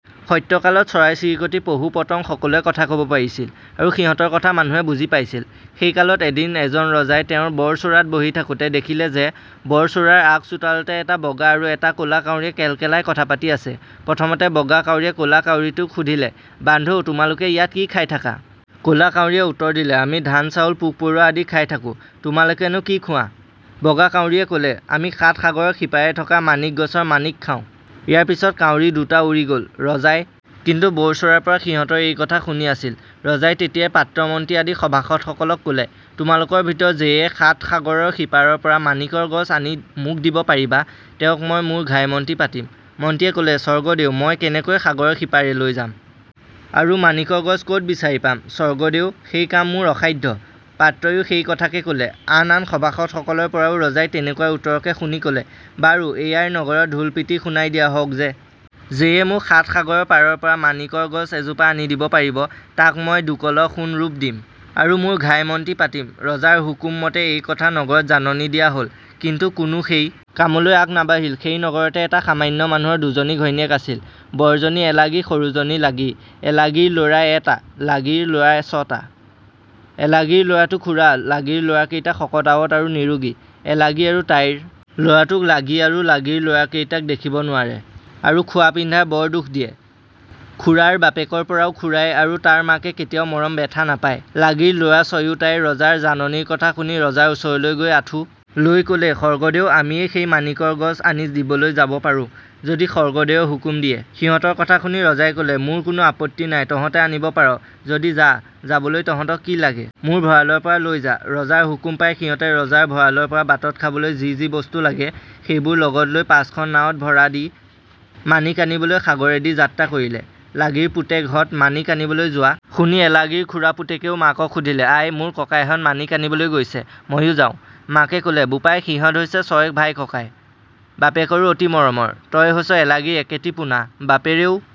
সত্যকালত চৰাই-চিৰিকতি পহু-পতং সকলোৱে কথা কব পাৰিছিল, আৰু সিহঁতৰ কথা মানুহে বুজি পাইছিল৷ সেই কালত এদিন এজন ৰজাই তেওঁৰ বৰ-চ'ৰাত বহি থাকোঁতে দেখিলে যে বৰ-চ'ৰাৰ আগ-চোতালতে এটা বগা আৰু এটা ক'লা কাউৰীয়ে কেলকেলাই কথা পাতি আছে৷ প্ৰথমতে বগা কাউৰীয়ে ক'লা কাউৰীটোক সুধিলে "বান্ধু, তোমালোকে ইয়াত কি খাই থাকা? " ক'লা কাউৰীয়ে উত্তৰ দিলে-"আমি ধান-চাউল, পোক-পৰুৱা আদি খাই থাকোঁ; তোমালোকেনো কি খোৱাঁ? " বগা কাউৰীয়ে ক'লে, "আমি সাত সাগৰৰ সিপাৰে থকা মাণিক গছৰ মাণিক খাওঁ৷" ইয়াৰ পিছত কাউৰী দুটা উৰি গ'ল৷ ৰজাই কিন্তু বৰ-চ'ৰাৰ পৰা সিহঁতৰ এই কথা শুনি আছিল৷ ৰজাই তেতিয়াই পাত্ৰ-মন্ত্ৰী আদি সভাসদসকলক ক'লে, "তোমালোকৰ ভিতৰত যেয়ে সাত সাগৰৰ সিপাৰৰ পৰা মাণিকৰ গছ আনি মোক দিব পাৰিবা তেওঁক মই মোৰ ঘাই মন্ত্ৰী পাতিম৷" মন্ত্ৰীয়ে ক'লে, "স্বৰ্গদেৱ, মই কেনেকৈ সাগৰৰ সিপাৰেলৈ যাম? আৰু মাণিকৰ গছ ক'ত বিচাৰি পাম? স্বৰ্গদেউ সেই কাম মোৰ অসাধ্য৷" পাত্ৰইও সেই কথাকে ক'লে৷ আন আন সভাসদসকলৰ পৰাও ৰজাই তেনেকুৱা উত্তৰকে শুনি ক'লে, "বাৰু, এইয়াই নগৰত ঢোল পিটি শুনাই দিয়া হওক যে, যেয়ে মোক সাত সাগৰৰ পাৰৰপৰা মাণিকৰ গছ এজোপা আনি দিব পাৰিব, তাক মই দুকলহ সোণ-ৰূপ দিম, আৰু মোৰ ঘাই মন্ত্ৰী পাতিম৷" ৰজাৰ হুকুম মতে এই কথা নগৰত জাননী দিয়া হ'ল; কিন্তু কোনো সেই কামলৈ আগ নাবাঢ়িল৷ সেই নগৰতে এটা সামান্য মানুহৰ দুজনী ঘৈণীয়েক আছিল, বৰজনী এলাগী, সৰু জনী লাগী৷ এলাগীৰ ল'ৰা এটা, লাগীৰ ল'ৰা ছটা৷ এলাগীৰ ল'ৰাটো খোৰা; লাগীৰ ল'ৰাকেইটা শকত-আৱত আৰু নিৰোগী৷ এলাগী আৰু তাইৰ ল'ৰাটোক লাগী আৰু লাগীৰ ল'ৰাকেইটাই দেখিব নোৱাৰে, আৰু খোৱা-পিন্ধাৰ বৰ দুখ দিয়ে৷ খোৰাৰ বাপেকৰপৰাও খোৰাই আৰু তাৰ মাকে কেতিয়াও মৰম বেথা নাপায়৷ লাগীৰ ল'ৰা ছয়োটাই ৰজাৰ জাননীৰ কথা শুনি ৰজাৰ ওচৰলৈ গৈ আঠু লৈ ক'লে, "সৰ্গদেও, আমিয়েই সেই মাণিকৰ গছ আনি দিবলৈ যাব পাৰোঁ, যদি সৰ্গদেৱে হুকুম দিয়ে৷" সিহঁতৰ কথা শুনি ৰজাই ক'লে, "মোৰ কোনো আপত্তি নাই; তহঁতে আনিব পাৰ যদি যা৷ যাবলৈ তহঁতক কি লাগে মোৰ ভৰাঁলৰপৰা লৈ যা৷" ৰজাৰ হুকুম পাই সিহঁতে ৰজাৰ ভৰাঁলৰপৰা বাটত খাবলৈ যি যি বস্তু লাগে সেইবোৰ লগতে লৈ পাঁচখন নাৱত ভৰা দি মাণিক আনিবলৈ সাগৰেদি যাত্ৰা কৰিলে৷ লাগীৰ পুতেকহঁত মাণিক আনিবলৈ যোৱা শুনি এলাগীৰ খোৰা পুতেকেও মাকক সুধিলে, "আই, মোৰ ককাইহঁত মাণিক আনিবলৈ গৈছে মইও যাওঁ৷" মাকে ক'লে, "বোপাই, সিহঁত হৈছে ছয় ভাই-ককাই, বাপেকৰো অতি মৰমৰ; তই হৈছ এলাগীৰ একেটি পোনা, বাপেৰেও